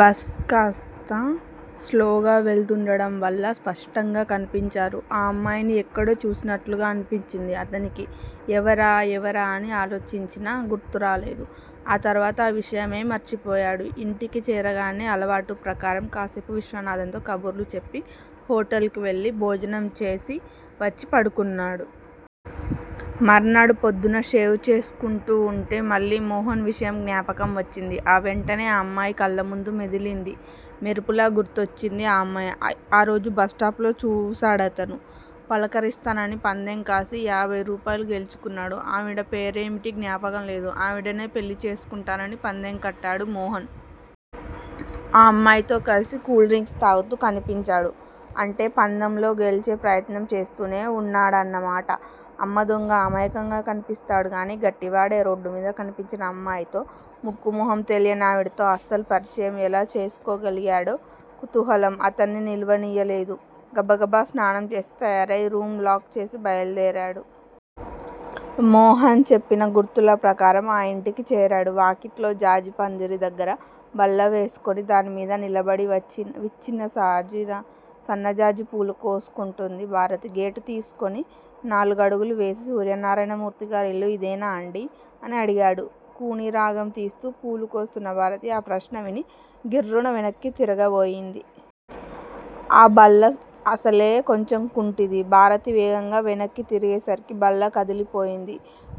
Bus కాస్త స్లోగా వెళుతుండడం వల్ల స్పష్టంగా కనిపించారు. ఆ అమ్మాయిని యెక్కడో చూసినట్లుకూడా అనిపించింది అతనికి. యెవరా యెవరా అని ఆలోచించినా గుర్తురాలేదు. ఆ తరువాత ఆ విషయమే మర్చిపోయాడు. యింటికి చేరగానే అలవాటు ప్రకారం కాసేపు విశ్వనాధంతో కబుర్లు చెప్పి హొటల్ కి వెళ్ళి భోం చేసి వచ్చి పడుకున్నాడు. మర్నాడు పొద్దున షేవ్ చేసుకుంటూవుంటే మళ్ళీ మోహన్ విషయం జ్ఞాపకం వచ్చింది. ఆ వెంటనే ఆ అమ్మాయి కళ్ళముందు మెదిలింది. మెరుపులా గుర్తొచ్చింది ఆ అమ్మాయి ఆరోజు బస్టాప్ లో చూసాడతను. పలకరిస్తానని పందెం కాసి యాభై రూపాయలు గెలుచుకున్నాడు. ఆవిడ పేరేమిటి జ్ఞాపకంలేదు. ఆవిడనే పెళ్ళి చేసుకుంటానని పందెం కట్టాడు మోహన్. ఆ అమ్మాయితో కలిసి కూల్ డ్రింక్ తాగుతూ కనిపించాడు అంటే పందెంలో గెల్చే ప్రయత్నం చేస్తూనే వున్నాడన్నమాట అమ్మదొంగా అమాయకంగా కనిపిస్తాడు గానీ గట్టివాడే. రోడ్డుమీద కనిపించిన అమ్మాయితో ముక్కూ మొహం తెలియని ఆవిడతో అసలు పరిచయం ఎలా చేసుకోగలిగాడో! కుతూహలం అతన్ని నిలవనీయలేదు. గబగబ స్నానం చేసి తయారై రూం లాక్ చేసి బయలుదేరాడు. మోహన్ చెప్పిన గుర్తుల ప్రకారం ఆ ఇంటికి చేరాడు. వాకిట్లో జాజిపందిరి దగ్గర బల్ల వేసుకుని దానిమీద నిలబడి విచ్చిన సన్నజాజి పూలు కోసుకుంటోంది భారతి. గేటు తీసుకొని నాలుగడుగులు వేసి- సూర్యనారాయణమూర్తిగారిల్లు ఇదేనాండీ? అని అడిగాడు. కూనిరాగం తీస్తూ పూలు కోస్తున్న భారతి ఆ ప్రశ్న విని గిర్రున వెనక్కి తిరగబోయింది. ఆ బల్లఅసలే కొంచెం కుంటిది. భారతి వేగంగా వెనక్కి తిరిగేసరికి బల్ల కదిలిపోయింది.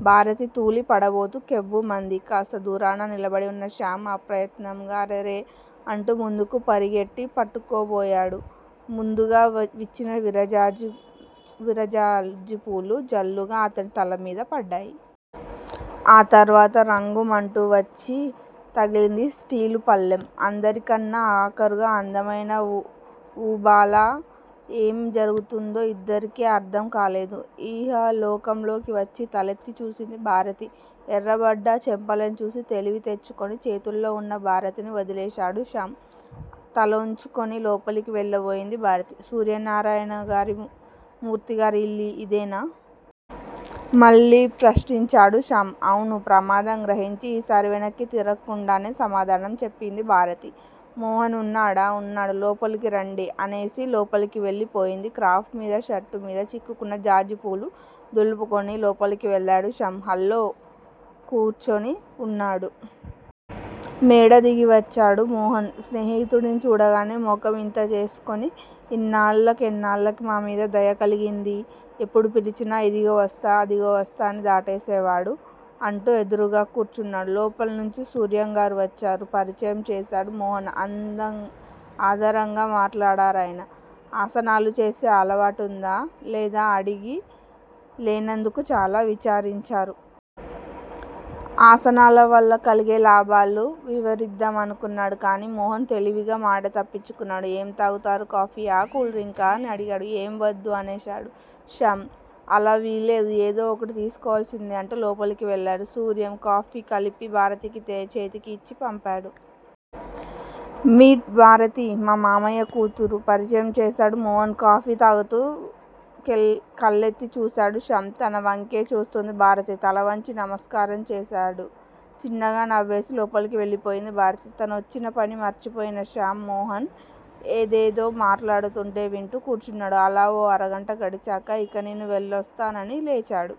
భారతి తూలి పడబోతూ కెవ్వుమంది. కాస్త దూరాన నిలబడివున్న శ్యామ్ అప్రయత్నముగా 'అరెరె! ' అంటూ ముందుకి పరిగెట్టి పట్టుకో బోయాడు. ముందుగా విచ్చిన జాజిపూలు జల్లుగా అతని తల మీద పడ్డాయి. ఆ తరువాత ఠంగుమంటూ వచ్చి తగిలింది స్టీలు పళ్ళెం. అందరికన్నా ఆఖరుగా అందమైన వూబాల! ఏం జరిగిందో ఇద్దరికీ అర్థంకాలేదు. ఇహలోకంలోకి వచ్చి తలెత్తి చూసింది భారతి ఎర్రబడ్డ ఆ చెంపలని చూసి తెలివి తెచ్చుకుని చేతుల్లో వున్న భారతిని వదిలేశాడు శ్యామ్. తలోంచుకుని లోపలికి వెళ్ళబోయింది భారతి సూర్యనారాయణమూర్తిగారిల్లు ఇదేనా? మళ్ళీ ప్రశ్నించాడు శ్యామ్. అవును ప్రమాదం గ్రహించి ఈసారి వెనక్కి తిరక్కుండానే సమాధానం చెప్పింది భారతి. మోహన్ ఉన్నాడా? ఉన్నాడు లోపలికి రండి! అనేసి లోపలికి వెళ్ళి పోయింది. క్రాఫ్ మీద, షర్టుమీద చిక్కుకున్న జాజిపూలు దులుపుకొని లోపలికి వెళ్ళాడు శ్యామ్. హాల్లో కుర్చీలో కూర్చున్నాడు. మేడ దిగివచ్చాడు మోహన్. స్నేహితుడిని చూడగానే ముఖం ఇంత చేసుకుని__ ఎన్నాళ్ళకెన్నాళ్ళకి మా మీద దయ కలిగింది! ఎప్పుడు పిలిచినా ఇదుగో వస్తా అదిగో వస్తా అని దాటేసేవారు అంటూ ఎదురుగా కూర్చున్నాడు. లోపలినుంచి సూర్యం గారు వచ్చారు. పరిచయం చేసాడు మోహన్. ఆదరంగా మాట్లాడారాయన ఆసనాలు చేసే అలవాటుందా లేదా అడిగి లేనందుకు చాలా విచారించారు. ఆసనాలవల్ల కలిగే లాభాలు వివరిద్డామానుకున్నారుగానీ మోహన్ తెలివిగా మాట తప్పించాడు. ఏం తాగుతారు? కాఫీయా? కూల్ డ్రింకా? అని అడిగాడు ఏం వద్దు అనేశాడు శ్యామ్. అలా వీల్లేదు ఏదో ఒకటి తీసుకోవాల్సిందే అంటూ లోపలికి వెళ్లారు సూర్యం. కాఫీ కలిపి భారతి చేతి కిచ్చి పంపించారు. మీట్ భారతి. మా మామయ్య కూతురు పరిచయం చేసాడు మోహన్. కాఫీ తాగుతూ కెళ్ళేత్తి చూసాడు శ్యామ్. తన వంకే చూస్తోంది భారతి తలవంచి నమస్కారం చేసాడు. చిన్నగా నవ్వేసి లోపలికి వెళ్ళిపోయింది భారతి. తనోచ్చిన పని మర్చిపోయిన శ్యామ్ మోహన్ ఏదేదో మాట్లాడుతుంటే వింటూ కూర్చున్నాడు. అలా ఓ అరగంట గడిచాక ఇక నేను వెళ్ళోస్తానని లేచాడు.